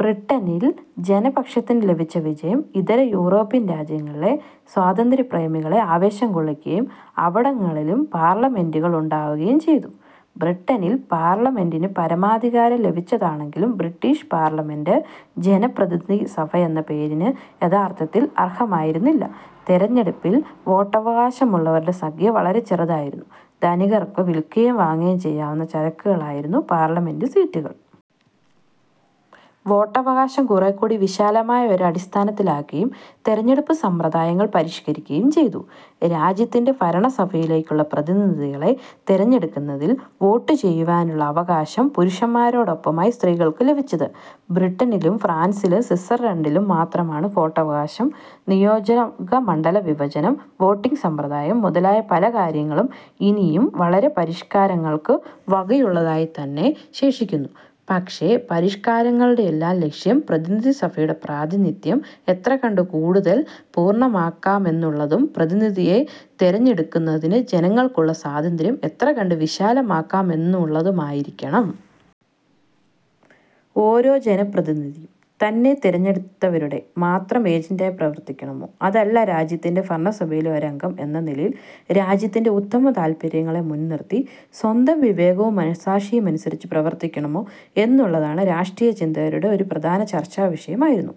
ബ്രിട്ടനിൽ ജനപക്ഷത്തിനു ലഭിച്ച വിജയം ഇതര യൂറോപ്യൻ രാജ്യങ്ങളിലെ സ്വാതന്ത്ര്യപ്രേമികളെ ആവേശംകൊള്ളിക്കുകയും അവിടങ്ങളിലും പാർലമെന്റുകൾ ഉണ്ടാവുകയും ചെയ്തു. ബ്രിട്ടനിൽ പാർലമെന്റിനു പരമാധികാരം ലഭിച്ചതാണെങ്കിലും ബ്രിട്ടീഷ് പാർലമെന്റ് ജനപ്രതിനിധിസഭയെന്ന പേരിനു യഥാർത്ഥത്തിൽ അർഹമായിരുന്നില്ല. തെരഞ്ഞെടുപ്പിൽ വോട്ടവകാശമുള്ളവരുടെ സംഖ്യ വളരെ ചെറുതായിരുന്നു. ധനികർക്കു വിൽക്കുകയും വാങ്ങുകയും ചെയ്യാവുന്ന ചരക്കുകളായിരുന്നു പാർലമെന്റു സീറ്റുകൾ. വോട്ടവകാശം കുറേക്കൂടി വിശാലമായ ഒരടിസ്ഥാനത്തിലാക്കുകയും തെരഞ്ഞെടുപ്പുസമ്പ്രദായങ്ങൾ പരിഷ്കരിക്കുകയും ചെയ്തു. രാജ്യത്തിന്റെ ഭരണസഭയിലേക്കുള്ള പ്രതിനിധികളെ തെരഞ്ഞെടുക്കുന്നതിൽ വോട്ടുചെയ്യുവാനുള്ള അവകാശം പുരുഷന്മാരോടൊപ്പമായി സ്ത്രീകൾക്കു ലഭിച്ചത്, ബ്രിട്ടനിലും, ഫ്രാൻസിലും, സ്വിറ്റ്സർലണ്ടിലും മാത്രമാണു. വോട്ടവകാശം, നിയോജകമണ്ഡലവിഭജനം, വോട്ടിങ്ങ് സമ്പ്രദായം മുതലായ പലകാര്യങ്ങളും ഇനിയും വളരെ പരിഷ്കാരങ്ങൾക്കു വകയുള്ളതായിത്തന്നെ ശേഷിക്കുന്നു. പക്ഷെ, പരിഷ്കാരങ്ങളുടെയെല്ലാം ലക്ഷ്യം പ്രതിനിധിസഭയുടെ പ്രാതിനിധ്യം എത്രകണ്ടു കൂടുതൽ പൂർണ്ണമാക്കാമെന്നുള്ളതും പ്രതിനിധിയെ തെരഞ്ഞെടുക്കുന്നതിനു ജനങ്ങൾക്കുള്ള സ്വാതന്ത്ര്യം എത്രകണ്ടു വിശാലമാക്കാമെന്നുള്ളതുമായിരിക്കണം. ഓരോ ജനപ്രതിനിധിയും, തന്നെ തെരഞ്ഞെടുത്തവരുടെ മാത്രം ഏജന്റായി പ്രവർത്തിക്കണമോ, അതല്ല രാജ്യത്തിന്റെ ഭരണസഭയിലെ ഒരംഗം എന്ന നിലയിൽ രാജ്യത്തിന്റെ ഉത്തമതാല്പര്യങ്ങളെ മുൻ നിർത്തി സ്വന്തം വിവേകവും മനസാക്ഷിയുമനുസരിച്ച് പ്രവർത്തിക്കണമോ എന്നുള്ളത് രാഷ്ട്രീയ ചിന്തകരുടെ ഒരു പ്രധാന ചർച്ചാവിഷയമായിരുന്നു.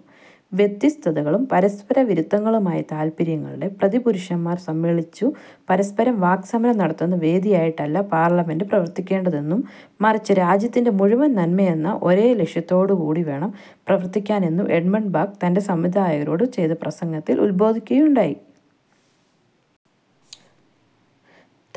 വ്യത്യസ്തങ്ങളും പരസ്പരവിരുദ്ധങ്ങളുമായ താൽപര്യങ്ങളുടെ പ്രതിപുരുഷന്മാർ സമ്മേളിച്ചു പരസ്പരം വാക് സമരം നടത്തുന്ന വേദിയായിട്ടല്ല പാർലമെന്റ് പ്രവർത്തിക്കേണ്ടതെന്നും മറിച്ച് രാജ്യത്തിന്റെ മുഴുവൻ നന്മയെന്ന ഒരേ ഒരു ലക്ഷ്യത്തോടുകൂടിവേണം പ്രവർത്തിക്കാനെന്നും എഡ്മണ്ട് ബർക്ക് തന്റെ സമ്മതിദായകരോടു ചെയ്ത പ്രസംഗത്തിൽ ഉൽബോധിപ്പിക്കുകയുണ്ടായി.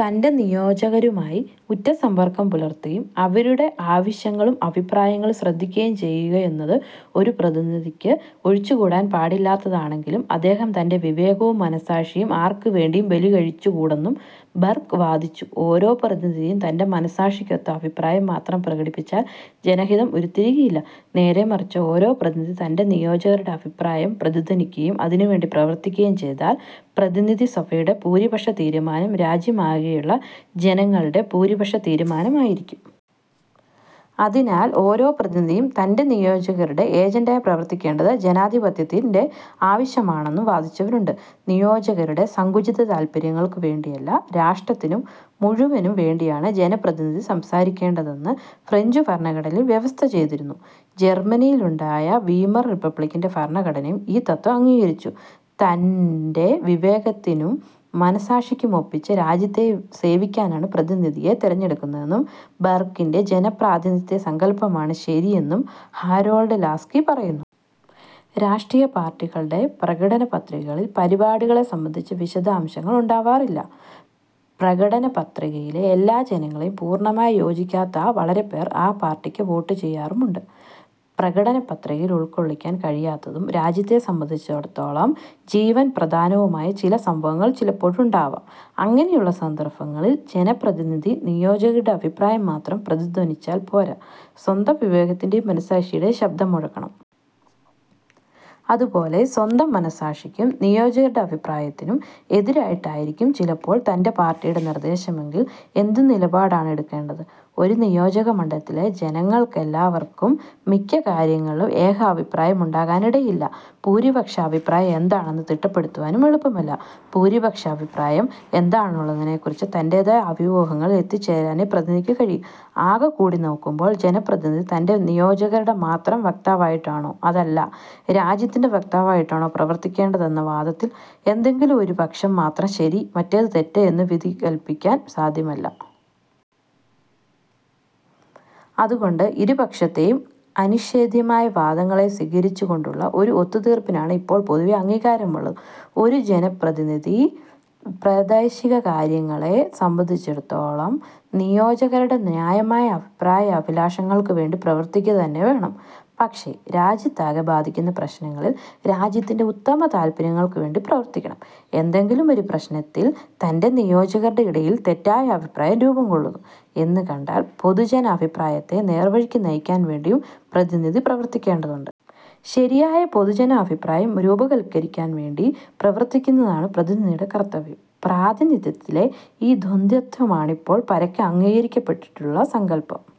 തന്റെ നിയോജകരുമായി ഉറ്റസമ്പർക്കം പുലർത്തുകയും അവരുടെ ആവശ്യങ്ങളും അഭിപ്രായങ്ങളും ശ്രദ്ധിക്കുകയും ചെയ്യുകയെന്നത് ഒരു പ്രതിനിധിക്ക് ഒഴിച്ചുകൂടാൻ പാടില്ലാത്തതാണെങ്കിലും അദ്ദേഹം തന്റെ വിവേകവും മനസാക്ഷിയും ആർക്കുവേണ്ടിയും ബലികഴിച്ചുകൂടെന്നും ബർക്ക് വാദിച്ചു. ഓരോ പ്രതിനിധിയും തന്റെ മനസാക്ഷിക്കൊത്ത അഭിപ്രായം മാത്രം പ്രകടിപ്പിച്ചാൽ ജനഹിതം ഉരുത്തിരിയുകയില്ല; നേരെമറിച്ച് ഓരോ പ്രതിനിധിയും തന്റെ നിയോജകരുടെ അഭിപ്രായം പ്രതിധ്വനിപ്പിക്കുകയും അതിനുവേണ്ടി പ്രവർത്തിക്കുകയും ചെയ്താൽ പ്രതിനിധിസഭയുടെ ഭൂരിപക്ഷതീരുമാനം രാജ്യമാകെയുള്ള ജനങ്ങളുടെ ഭൂരിപക്ഷതീരുമാനമായിരിക്കും. അതിനാൽ ഓരോ പ്രതിനിധിയും തന്റെ നിയോജകരുടെ ഏജന്റായി പ്രവർത്തിക്കേണ്ടത് ജനാധിപത്യത്തിന്റെ ആവശ്യമാണെന്നും വാദിച്ചവരുണ്ട്. നിയോജകരുടെ സങ്കുചിതതാല്പര്യങ്ങൾക്കു വേണ്ടിയല്ല, രാഷ്ട്രത്തിനു മുഴുവനും വേണ്ടിയാണു ജനപ്രതിനിധി സംസാരിക്കേണ്ടതെന്ന് ഫ്രഞ്ചുഭരണഘടനയിൽ വ്യവസ്ഥചെയ്തിരുന്നു. ജർമ്മനിയിലുണ്ടായ വീമർ റിപ്പബ്ലിക്കിന്റെ ഭരണഘടനയും ഈ തത്ത്വം അംഗീകരിച്ചു. തന്റെ വിവേകത്തിനും മനസാക്ഷിക്കുമൊപ്പിച്ചു രാജ്യത്തെ സേവിക്കാനാണു പ്രതിനിധിയെ തെരഞ്ഞെടുക്കുന്നതെന്നും, ബർക്കിന്റെ ജനപ്രാതിനിധ്യസങ്കല്പമാണു ശരിയെന്നും ഹാരോൾഡ് ലാസ്കി പറയുന്നു. രാഷ്ട്രീയ പാർട്ടികളുടെ പ്രകടനപത്രികകളിൽ പരിപാടികളെ സംബന്ധിച്ച വിശദാംശങ്ങൾ ഉണ്ടാവാറില്ല. പ്രകടനപത്രികയിലെ എല്ലാ ജനങ്ങളെയും പൂർണ്ണമായി യോജിക്കാത്ത വളരെപ്പേർ ആ പാർട്ടിക്ക് വോട്ടു ചെയ്യാറുമുണ്ട്. പ്രകടനപത്രികയിൽ ഉൾക്കൊള്ളിക്കാൻ കഴിയാത്തതും, രാജ്യത്തെ സംബന്ധിച്ചിടത്തോളം ജീവൽ പ്രധാനവുമായ ചില സംഭവങ്ങൾ ചിലപ്പോഴുണ്ടാവാം. അങ്ങനെയുള്ള സന്ദർഭങ്ങളിൽ ജനപ്രതിനിധി നിയോജകരുടെ അഭിപ്രായം മാത്രം പ്രതിധ്വനിപ്പിച്ചാൽ പോരാ, സ്വന്തം വിവേകത്തിന്റേയും മനസാക്ഷിയുടെയും ശബ്ദം മുഴക്കണം. അതുപോലെ സ്വന്തം മനസാക്ഷിക്കും, നിയോജകരുടെ അഭിപ്രായത്തിനും എതിരായിട്ടായിരിക്കും ചിലപ്പോൾ തന്റെ പാർട്ടിയുടെ നിർദ്ദേശമെങ്കിൽ എന്തു നിലപാടാണു എടുക്കേണ്ടത്? ഒരു നിയോജകമണ്ഡലത്തിലെ ജനങ്ങൾക്കെല്ലാവർക്കും മിക്ക കാര്യങ്ങളിലും ഏകാഭിപ്രായമുണ്ടാകാനിടയില്ല. ഭൂരിപക്ഷാഭിപ്രായം എന്താണെന്നു തിട്ടപ്പെടുത്തുവാനും എളുപ്പമല്ല. ഭൂരിപക്ഷാഭിപ്രായം എന്താണെന്നുള്ളതിനെക്കുറിച്ച് തന്റേതായ അഭ്യൂഹങ്ങളിൽ എത്തിച്ചേരാനേ പ്രതിനിധിക്കു കഴിയൂ. ആകെക്കൂടി നോക്കുമ്പോൾ, ജനപ്രതിനിധി തന്റേ നിയോജകരുടെ മാത്രം വക്താവായിട്ടാണോ, അതല്ല രാജ്യത്തിന്റേ വക്താവായിട്ടാണോ പ്രവർത്തിക്കേണ്ടതെന്ന വാദത്തിൽ ഏതെങ്കിലും ഒരുപക്ഷം മാത്രം ശരി, മറ്റേതു തെറ്റ് എന്നു വിധികല്പിക്കാൻ സാദ്ധ്യമല്ല. അതുകൊണ്ട് ഇരുപക്ഷത്തേയും അനിഷേദ്ധ്യമായ വാദങ്ങളെ സ്വീകരിച്ചുകൊണ്ടുള്ള ഒരു ഒത്തുതീർപ്പിനാണു ഇപ്പോൾ പൊതുവേ അംഗീകാരമുള്ളത്. ഒരു ജനപ്രതിനിധി പ്രാദേശികകാര്യങ്ങളെ സംബന്ധിച്ചിടത്തോളം നിയോജകരുടെ ന്യായമായ അഭിപ്രായാഭിലാഷങ്ങൾക്കുവേണ്ടി പ്രവർത്തിക്കുകതന്നെ വേണം; പക്ഷേ രാജ്യത്തെയാകെ ബാധിക്കുന്ന പ്രശ്നങ്ങളിൽ രാജ്യത്തിന്റെ ഉത്തമതാല്പര്യങ്ങൾക്കു വേണ്ടി പ്രവർത്തിക്കണം. ഏതെങ്കിലും ഒരു പ്രശ്നത്തിൽ തന്റെ നിയോജകരുടെയിടയിൽ തെറ്റായ അഭിപ്രായം രൂപംകൊള്ളുന്നു എന്നു കണ്ടാൽ പൊതുജനാഭിപ്രായത്തെ നേർവഴിക്കു നയിക്കാൻ വേണ്ടിയും പ്രതിനിധി പ്രവർത്തിക്കേണ്ടതുണ്ട്. ശരിയായ പൊതുജനാഭിപ്രായം രൂപവൽക്കരിക്കാൻ വേണ്ടി പ്രവർത്തിക്കുന്നതാണു പ്രതിനിധിയുടെ കർത്തവ്യം. പ്രാതിനിധ്യത്തിലെ ഈ ദ്വന്ദ്വത്വമാണിപ്പോൾ പരക്കെ അംഗീകരിക്കപ്പെട്ടിട്ടുള്ള സങ്കല്പം.